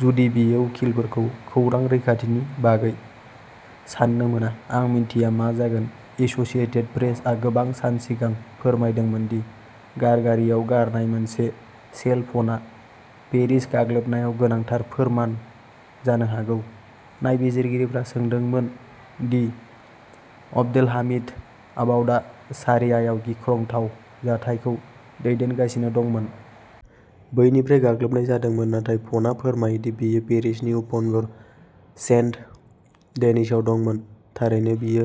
जुदि बेयो उखिलफोरखौ खौरां रैखाथिनि बागै सान्नो मोना, आं मिथिया मा जागोन। एसोसिएटेड प्रेसआ गोबां सान सिगां फोरमायदोंमोन दि गारगारियाव गारनाय मोनसे सेल फना पेरिस गाग्लोबनायाव गोनांथार फोरमान होनो हागौ। नायबिजिरगिरिफोरा सानदोंमोन दि अब्देलहामिद आबाउदआ सिरियायाव गिख्रंथाव जाथायखौ दैदेनगासिनो दंमोन। बैनिफ्राय गाग्लोबनाय जादोंमोन, नाथाय फनआ फोरमायो दि बियो पेरिसनि उपनगर सेन्ट डेनिसआव दंमोन। थारैनो बियो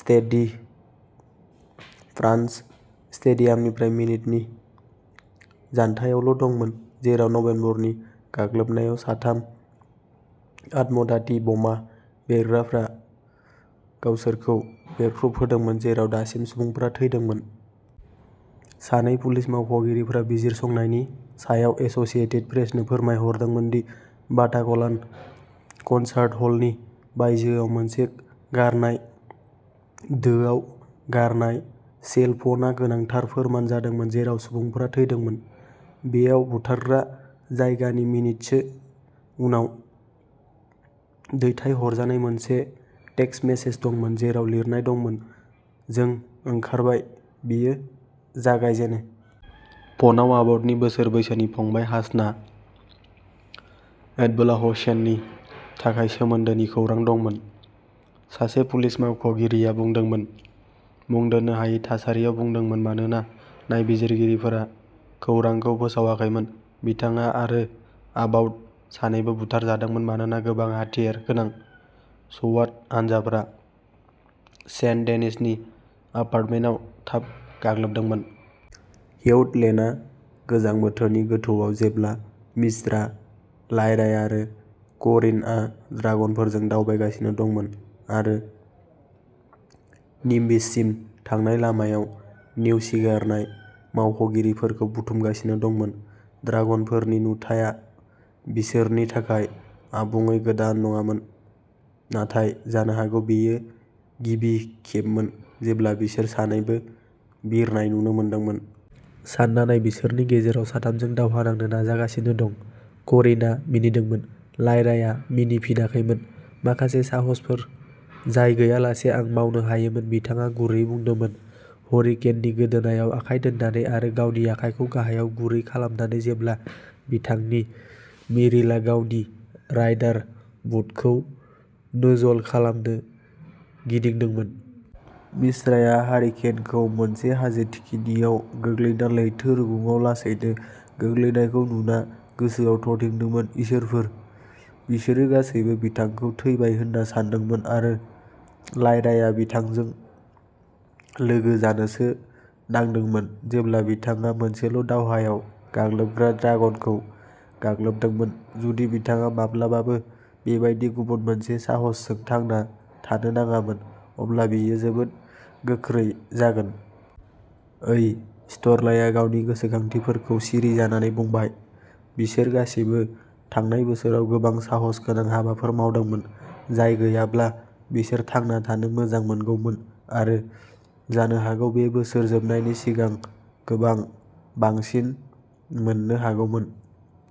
स्टेड डी फ्रान्स स्टेडियामनिफ्राय मिनिटनि जान्थायावल'दंमोन, जेराव नबेम्बरनि गाग्लोबनायाव साथाम आत्मघाती बमा बेरग्राफोरा गावसोरखौ बेरफ्रुहोदोंमोन, जेराव दासिम सुबुंफोरा थैदोंमोन। सानै पुलिस मावख'गिरिफोरा बिजिरसंनायनि सायाव एसोसिएटेड प्रेसनो फोरमायदोंमोन दि बाटाक्लान कनसार्ट हलनि बायजोआव मोनसे गारनाय दोआव गारनाय सेलफोनआ गोनांथार फोरमान जादोंमोन-जेराव सुबुंफोरा थैदोंमोन। बेयाव बुथारग्रा जागायनायनि मिनिटसो उनाव दैथायहरजानाय मोनसे टेक्सट मेसेज दंमोन, जेराव लिरनाय दंमोन: "जों ओंखारबाय, बेयो जागायजेनो। " फनआव आबाउडनि बोसोर बैसोनि फंबाय, हासना ऐतबुलाहसेननि थाखाय सोमोन्दोनि खौरां दंमोन, सासे पुलिस मावख'गिरिआ बुंदोंमोन, मुं दोननो हायै थासारियाव बुंदोंमोन मानोना नायबिजिरगिरिफोरा खौरांखौ फोसावाखैमोन। बिथाङा आरो आबाउड सानैबो बुथारजादोंमोन मानोना गोबां हाथियार गोनां स्वाट हानजाफोरा सेन्ट-डेनिसनि एपार्टमेन्टआव थाब गाग्लोबदोंमोन। हेयघलेनआ गोजां बोथोरनि गोथौआव जेब्ला म्हिस्रा, लायराइ आरो करिनआ ड्रागनफोरजों दावबायगासिनो दंमोन आरो निम्बिससिम थांनाय लामायाव नेवसिगारनाय मावख'गिरिफोरखौ बुथुमगासिनो दंमोन। ड्रागनफोरनि नुथाया बिसोरनि थाखाय आबुङै गोदान नङामोन, नाथाय जानो हागौ बेयो गिबि खेबमोन जेब्ला बिसोर सानैआबो बिरनाय नुनो मोनदोंमोन। "सानना नाय, बिसोरनि गेजेराव साथामजों दावहा नांनो नाजागासिनो दं", करिनआ मिनिदोंमोन। लायरायआ मिनिफिनाखैमोन। "माखासे साहसफोर जाय गैयालासे आं मावनो हायोमोन", बिथाङा गुरैयै बुंदोंमोन, हारिकेननि गोदोनायाव आखाइ दोन्नानै आरो गावनि आखाइखौ गाहायाव गुरै खालामनानै जेब्ला बिथांनि मिरिलआ गावनि राइडार बुटखौ नोजल खालामनो गिदिंदोंमोन। म्हिस्राया हारिकेनखौ मोनसे हाजो थिखिनियाव गोग्लैना लैथो रुगुंआव लासैनो गोग्लैनायखौ नुना गोसोआव थरथिंदोंमोन। इसोरफोर, बिसोरो गासैबो बिथांखौ थैबाय होन्ना सान्दोंमोन, आरो लायरायआ बिथांजों लोगो जानोसो नांदोंमोन जेब्ला बिथाङा मोनसेल'दावहायाव गाग्लोबग्रा ड्रागनखौ गाग्लोबदोंमोन। जुदि बिथाङा माब्लाबाबो बेबादि गुबुन मोनसे साहसजों थांना थानो नाङामोन, अब्ला बेयो जोबोद गोख्रै जागोन। "ओइ", स्टिरलाया गावनि गोसोखांथिफोरखौ सिरि जानानै बुंबाय। बिसोर गासिबो थांनाय बोसोराव गोबां साहसगोनां हाबाफोर मावदोंमोन, जाय गैयाब्ला बिसोर थांना थानो मोजांमोनगौमोन-आरो जानो हागौ बे बोसोर जोबनायनि सिगां गोबां बांसिन मोन्नो हागौमोन।